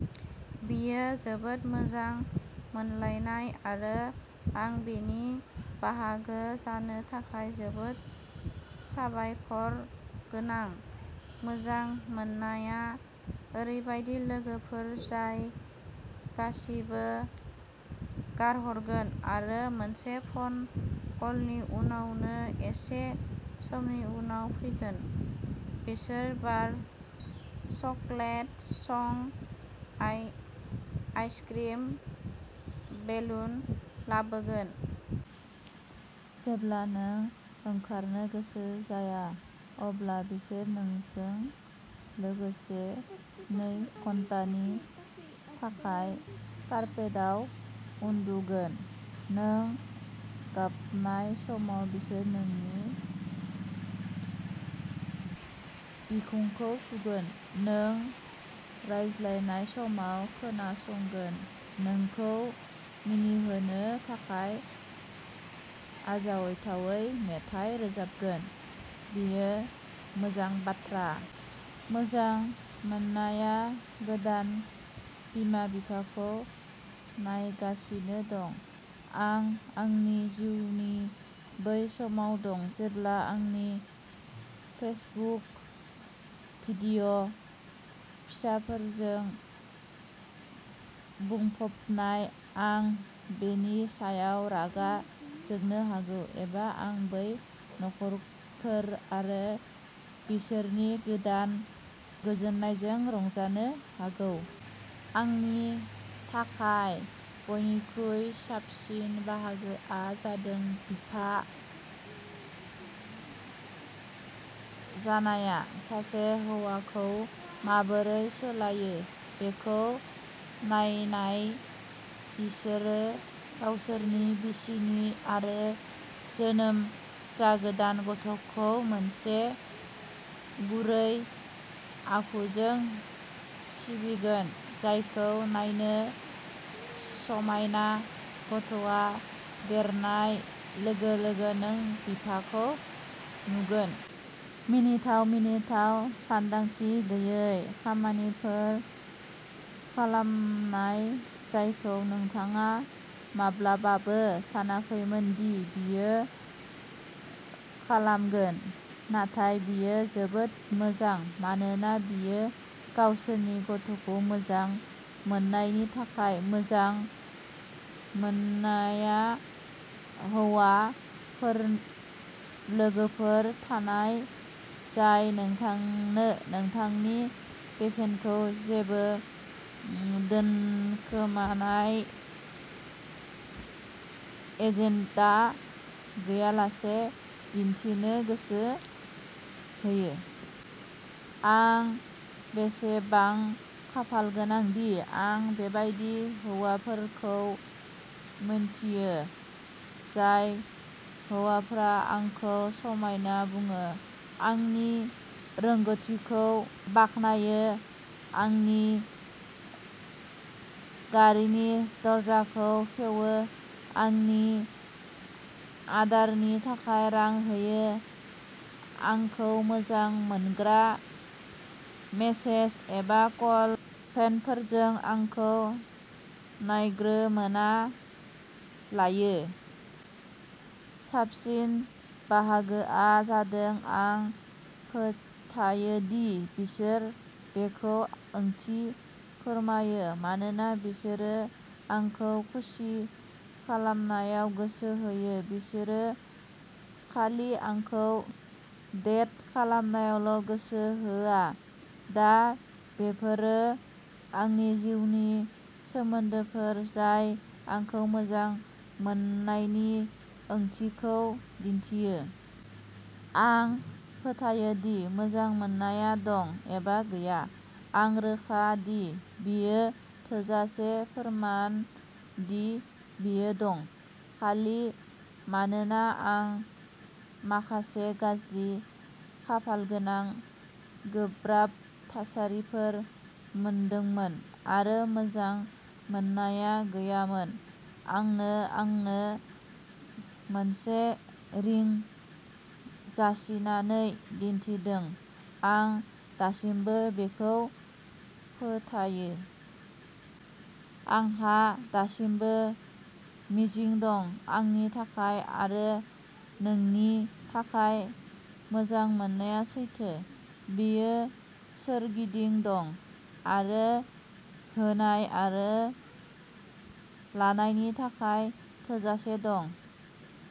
बेयो जोबोद मोजां मोनलायनाय, आरो आं बेनि बाहागो जानो थाखाय जोबोद साबायखरगोनां। मोजां मोननाया ओरैबायदि लोगोफोर जाय गासिबो गारहरगोन आरो मोनसे फन कलनि उनावनो एसे समनि उनाव फैगोन। बिसोर बिबार, chocolate chunk ice ice cream, balloon लाबोगोन। जेब्ला नों ओंखारनो गोसो जाया अब्ला बिसोर नोंजों लोगोसे नै घन्टानि थाखाय कार्पेटाव उन्दुगोन। नों गाबनाय समाव बिसोर नोंनि बिखुंखौ सुगोन, नों रायज्लायनाय समाव खोनासगोन, नोंखौ मिनिहोनो थाखाय आरजाथावै मेथाइ रोजाबगोन। बेयो मोजां बाथ्रा। मोजां मोननाया गोदान बिमा-बिफाखौ नायगासिनो दं। आं आंनि जिउनि बै समाव दं जेब्ला आंनि फेसबुक फिडआ फिसाफोरजों बुंफबनाय। आं बेनि सायाव रागा जोंनो हागौ, एबा आं बै नखरफोर आरो बिसोरनि गोदान गोजोननायजों रंजानो हागौ। आंनि थाखाय बयनिख्रुइ साबसिन बाहागोआ जादों बिफा जानाया सासे हौवाखौ माबोरै सोलायो बेखौ नायनाय। बिसोरो गावसोरनि बिसि आरो जोनोम जागोदान गथ'खौ मोनसे गुरै आखुजों सिबिगोन जायखौ नायनो समायना। गथ'आ देरनाय लोगो लोगो नों बिफाखौ नुगोन। मिनिथाव, मिनिथाव, सानदांथि गैयै खामानिफोर खालामनाय जायखौ नोंथाङा माब्लाबाबो सानाखैमोन दि बियो खालामगोन। नाथाय बेयो जोबोद मोजां, मानोना बेयो गावसोरनि गथ'खौ मोजां मोननायनि थाखाय। मोजां मोननाया हौवा लोगोफोर थानाय, जाय नोंथांनो नोंथांनि बेसेनखौ जेबो दोनखोमानाय एजेन्डा गैयालासे दिन्थिनो गोसो होयो। आं बेसेबां खाफालगोनांदि आं बेबादि हौवाफोरखौ मिन्थियो। जाय हौवाफोरा आंखौ समायना बुङो, आंनि रोंग'थिखौ बाख्नायो, आंनि गारिनि दरजाखौ खेवो, आंनि आदारनि थाखाय रां होयो, आंखौ मोजां मोनग्रा मेसेज एबा कल-फ्रेन्डफोरजों आंखौ नायग्रोमना लायो। साबसिन बाहागोआ जादों, आं फोथायो दि बिसोर बेखौ ओंथि फोरमायो मानोना बिसोरो आंखौ खुसि खालामनायाव गोसो होयो-बिसोरो खालि आंखौ डेट खालामनायावल'गोसो होआ। दा, बेफोरो आंनि जिउनि सोमोन्दोफोर जाय आंखौ मोजां मोननायनि ओंथिखौ दिन्थियो। आं फोथायो दि मोजां मोननाया दं, एबा गैया। आं रोखा दि बेयो थोजासे फोरमान दि बेयो दं। खालि मानोना आं माखासे गाज्रि खाफालगोनां, गोब्राब थासारिफोर मोनदोंमोन, आरो मोजां मोननाया गैयामोन। आंनो आंनो मोनसे रिं जासिनानै दिन्थिदों, आं दासिमबो बेखौ फोथायो। आंहा दासिमबो मिजिं दं, आंनि थाखाय आरो नोंनि थाखाय। मोजां मोननाया सैथो, बेयो सोरगिदिं दं, आरो होनाय आरो लानायनि थाखाय थोजासे दं।